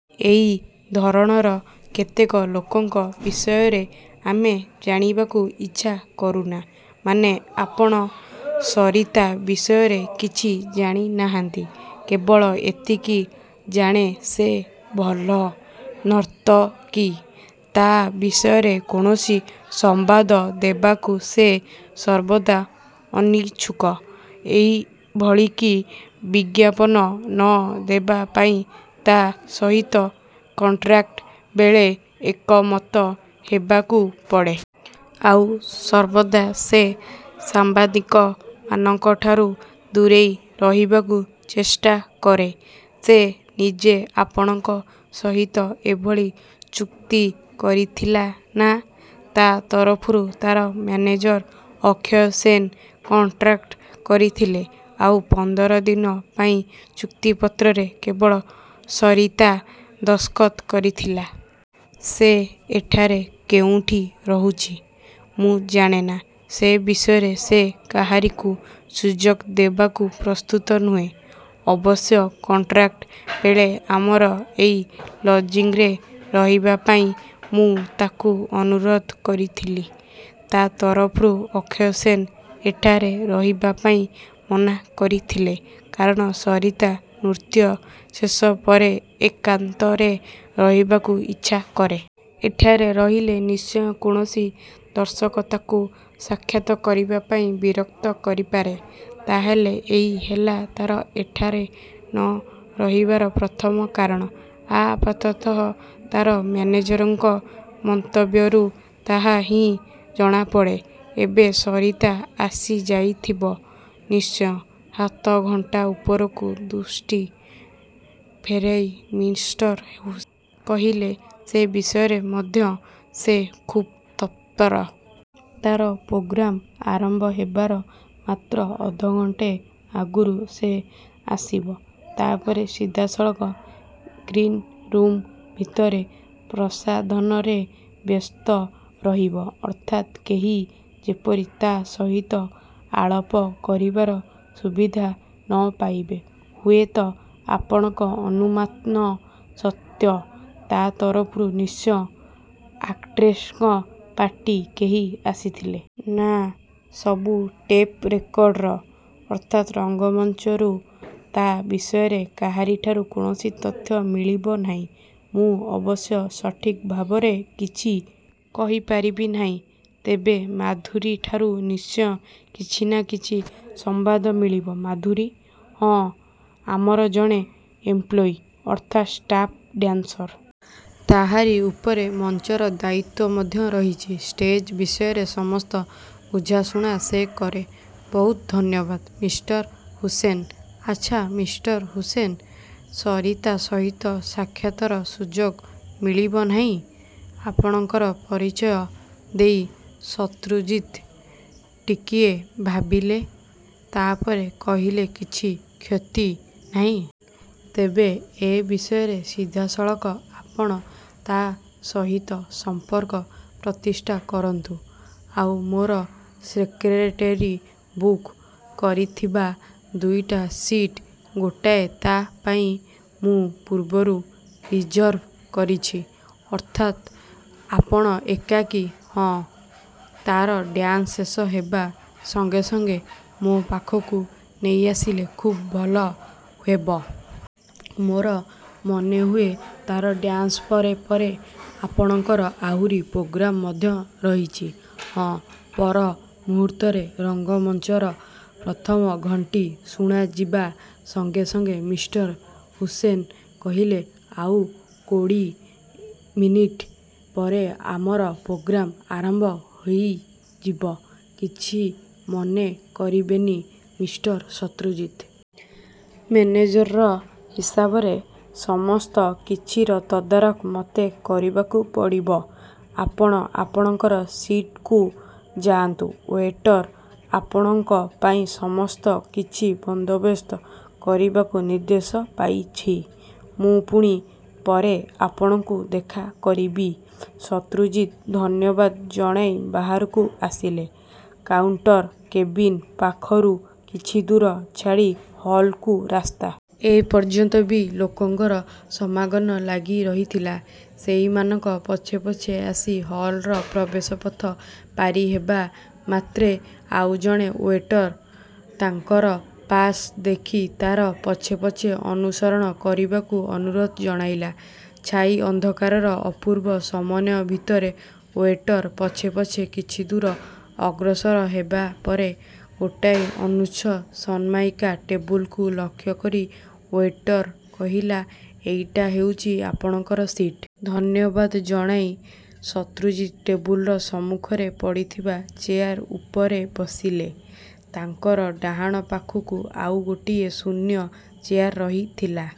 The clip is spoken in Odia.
ଏଇ ଧରଣର କେତେକ ଲୋକଙ୍କ ବିଷୟରେ ଆମେ ଜାଣିବାକୁ ଇଚ୍ଛା କରୁନା। ମାନେ, ଆପଣ ସରିତା ବିଷୟରେ କିଛି ଜାଣିନାହାନ୍ତି? କେବଳ ଏତିକି ଜାଣେ, ସେ ଭଲ ନର୍ତ୍ତକୀ। ତା' ବିଷୟରେ କୌଣସି ସମ୍ୱାଦ ଦେବାକୁ ସେ ସର୍ବଦା ଅନିଚ୍ଛୁକ। ଏଭଳିକି ବିଜ୍ଞାପନ ନ ଦେବା ପାଇଁ ତା' ସହିତ କଣ୍ଟ୍ରାକ୍ଟ୍ ବେଳେ ଏକମତ ହେବାକୁ ପଡ଼େ। ଆଉ ସର୍ବଦା ସେ ସାମ୍ବାଦିକମାନଙ୍କଠାରୁ ଦୂରେଇ ରହିବାକୁ ଚେଷ୍ଟା କରେ। ସେ ନିଜେ ଆପଣଙ୍କ ସହିତ ଏଭଳି ଚୁକ୍ତି କରିଥିଲା ନା, ତା' ତରଫରୁ ତା'ର ମେନେଜର ଅକ୍ଷୟ ସେନ୍ କଣ୍ଟ୍ରାକ୍ଟ କରିଥିଲେ। ଆଉ ପନ୍ଦର ଦିନ ପାଇଁ ଚୁକ୍ତିପତ୍ରରେ କେବଳ ସରିତା ଦସ୍ତଖତ୍ କରିଥିଲା। ସେ ଏଠାରେ କୋଉଠି ରହୁଛି? ମୁଁ ଜାଣେନା। ସେ ବିଷୟରେ ସେ କାହାରିକୁ ସୁଯୋଗ ଦେବାକୁ ପ୍ରସ୍ତୁତ ନୁହେଁ। ଅବଶ୍ୟ କଣ୍ଟ୍ରାକ୍ଟ ବେଳେ ଆମର ଏଇ ଲଜିଂରେ ରହିବାପାଇଁ ମୁଁ ତାକୁ ଅନୁରୋଧ କରିଥିଲି। ତା ତରଫରୁ ଅକ୍ଷୟ ସେନ୍ ଏଠାରେ ରହିବାପାଇଁ ମନା କରିଥିଲେ, କାରଣ ସରିତା ନୃତ୍ୟ ଶେଷ ପରେ ଏକାନ୍ତରେ ରହିବାକୁ ଇଚ୍ଛା କରେ। ଏଠାରେ ରହିଲେ ନିଶ୍ଚୟ କୌଣସି ଦର୍ଶକ ତାକୁ ସାକ୍ଷାତ୍ କରିବାପାଇଁ ବିରକ୍ତ କରିପାରେ। ତା'ହେଲେ ଏଇ ହେଲା ତା'ର ଏଠାରେ ନ ରହିବାର ପ୍ରଥମ କାରଣ? ଆପାତତଃ ତା'ର ମେନେଜରଙ୍କ ମନ୍ତବ୍ୟରୁ ତାହା ହିଁ ଜଣାପଡ଼େ। ଏବେ ସରିତା ଆସିଯାଇଥିବ ନିଶ୍ଚୟ? ହାତଘଣ୍ଟା ଉପରୁ ଦୃଷ୍ଟି ଫେରାଇ ମିଷ୍ଟର ହୁସେନ କହିଲେ, ସେ ବିଷୟରେ ମଧ୍ୟ ସେ ଖୁବ୍ ତତ୍ପର। ତା'ର ପ୍ରୋଗ୍ରାମ ଆରମ୍ଭ ହେବାର ମାତ୍ର ଅଧଘଣ୍ଟାଏ ଆଗରୁ ସେ ଆସିବ। ତା'ପରେ ସିଧାସଳଖ ଗ୍ରୀନରୁମ ଭିତରେ ପ୍ରସାଧନରେ ବ୍ୟସ୍ତ ରହିବ। ଅର୍ଥାତ୍ କେହି ଯେପରି ତା' ସହିତ ଆଳାପ କରିବାର ସୁବିଧା ନ ପାଇବେ। ହୁଏତ ଆପଣଙ୍କ ଅନୁମାନ ସତ୍ୟ। ତା' ତରଫରୁ ନିଶ୍ଚୟ ଅର୍କେଷ୍ଟ୍ରାଙ୍କ ପାର୍ଟି କେହି ଆସିଥିଲେ । ନା, ସବୁ ଟେପ୍ ରେକର୍ଡର। ଅର୍ଥାତ୍ ରଙ୍ଗମଞ୍ଚରୁ ତା' ବିଷୟରେ କାହାରିଠାରୁ କୌଣସି ତଥ୍ୟ ମିଳିବ ନାହିଁ? ମୁଁ ଅବଶ୍ୟ ସଠିକ୍ ଭାବରେ କିଛି କହିପାରିବି ନାହିଁ। ତେବେ ମାଧୁରୀଠାରୁ ନିଶ୍ଚୟ କିଛି ନା କିଛି ସମ୍ୱାଦ ମିଳିବ। ମାଧୁରୀ? ହଁ, ଆମର ଜଣେ ଏମ୍ପ୍ଳୟୀ, ଅର୍ଥାତ୍ ଷ୍ଟାପ୍ ଡ୍ୟାନ୍ସର। ତାହାରି ଉପରେ ମଞ୍ଚର ଦାୟିତ୍ୱ ମଧ୍ୟ ରହିଛି। ଷ୍ଟେଜ୍ ବିଷୟରେ ସମସ୍ତ ବୁଝାଶୁଣା ସେ କରେ। ବହୁତ ଧନ୍ୟବାଦ, ମିଷ୍ଟର ହୁସେନ୍! ଆଚ୍ଛା, ମିଷ୍ଟର ହୁସେନ୍, ସରିତା ସହିତ ସାକ୍ଷାତର ସୁଯୋଗ ମିଳିବ ନାହିଁ? ଆପଣଙ୍କର ପରିଚୟ ଦେଇ ଶତ୍ରୁଜିତ୍ ଟିକିଏ ଭାବିଲେ। ତା'ପରେ କହିଲେ କିଛି କ୍ଷତି ନାହିଁ। ତେବେ ଏ ବିଷୟରେ ସିଧାସଳଖ ଆପଣ ତା' ସହିତ ସମ୍ପର୍କ ପ୍ରତିଷ୍ଠା କରନ୍ତୁ। ଆଉ ମୋର ସେକ୍ରେଟେରୀ ବୁକ୍ କରିଥିବା ଦୁଇଟା ସିଟ୍ ଗୋଟାଏ ତା' ପାଇଁ ମୁଁ ପୂର୍ବରୁ ରିଜର୍ଭ କରିଛି। ଅର୍ଥାତ୍ ଆପଣ ଏକାକୀ? ହଁ, ତା'ର ଡ୍ୟାନ୍ସ ଶେଷ ହେବା ସଙ୍ଗେ ସଙ୍ଗେ ମୋ ପାଖକୁ ନେଇଆସିଲେ ଖୁବ୍ ଭଲ ହେବ। ମୋର ମନେହୁଏ, ତା'ର ଡ୍ୟାନ୍ସ ପରେ ପରେ ଆପଣଙ୍କର ଆହୁରି ପ୍ରୋଗ୍ରାମ ମଧ୍ୟ ରହିଛି। ହଁ, ପର ମୁହୂର୍ତ୍ତରେ ରଙ୍ଗମଞ୍ଚର ପ୍ରଥମ ଘଣ୍ଟି ଶୁଣାଯିବା ସଙ୍ଗେ ସଙ୍ଗେ ମିଷ୍ଟର ହୁସେନ୍ କହିଲେ, ଆଉ କୋଡୀ ଏମିନିଟ୍ ପରେ ଆମର ପ୍ରୋଗ୍ରାମ ଆରମ୍ଭ ହେଇଯିବ। କିଛି ମନେ କରିବେନି ମିଷ୍ଟର ଶତ୍ରୁଜିତ୍! ମେନେଜର ହିସାବରେ ସମସ୍ତ କିଛିର ତଦାରଖ ମୋତେ କରିବାକୁ ପଡ଼ିବ। ଆପଣ ଆପଣଙ୍କର ସିଟ୍କୁ ଯାଆନ୍ତୁ। ୱେଟର୍ ଆପଣଙ୍କ ପାଇଁ ସମସ୍ତ କିଛି ବନ୍ଦୋବସ୍ତ କରିବାକୁ ନିର୍ଦ୍ଦେଶ ପାଇଛି। ମୁଁ ପୁଣି ପରେ ଆପଣଙ୍କୁ ଦେଖା କରିବି। ଶତ୍ରୁଜିତ୍ ଧନ୍ୟବାଦ ଜଣାଇ ବାହାରକୁ ଆସିଲେ। କାଉଣ୍ଟର କେବିନ ପାଖରୁ କିଛିଦୂର ଛାଡ଼ି ହଲ୍କୁ ରାସ୍ତା। ଏ ପର୍ଯ୍ୟନ୍ତ ବି ଲୋକଙ୍କର ସମାଗନ ଲାଗିରହିଥିଲା। ସେଇମାନଙ୍କ ପଛେ ପଛେ ଆସି ହଲ୍ଋ ପ୍ରବେଶପଥ ପାରି ହେବା ମାତ୍ରେ ଆଉ ଜଣେ ୱେଟର ତାଙ୍କର ପାସ୍ ଦେଖି ତା'ର ପଛେ ପଛେ ଅନୁସରଣ କରିବାକୁ ଅନୁରୋଧ ଜଣାଇଲା। ଛାଇ ଅନ୍ଧକାରର ଅପୂର୍ବ ସମନ୍ୱୟ ଭିତରେ ୱେଟର ପଛେ ପଛେ କିଛିଦୂର ଅଗ୍ରସର ହେବା ପରେ, ଗୋଟାଏ ଅନୁଚ୍ଚ ସନ୍ମାଇକା ଟେବୁଲକୁ ଲକ୍ଷ୍ୟ କରି ୱେଟର କହିଲା ଏଇଟା ହେଉଛି ଆପଣଙ୍କର ସିଟ୍। ଧନ୍ୟବାଦ ଜଣାଇ ଶତ୍ରୁଜିତ୍ ଟେବୁଲର ସମ୍ମୁଖରେ ପଡ଼ିଥିବା ଚେୟାର ଉପରେ ବସିଲେ। ତାଙ୍କର ଡାହାଣ ପାଖକୁ ଆଉ ଗୋଟିଏ ଶୂନ୍ୟ ଚେୟାର ରହିଥିଲା।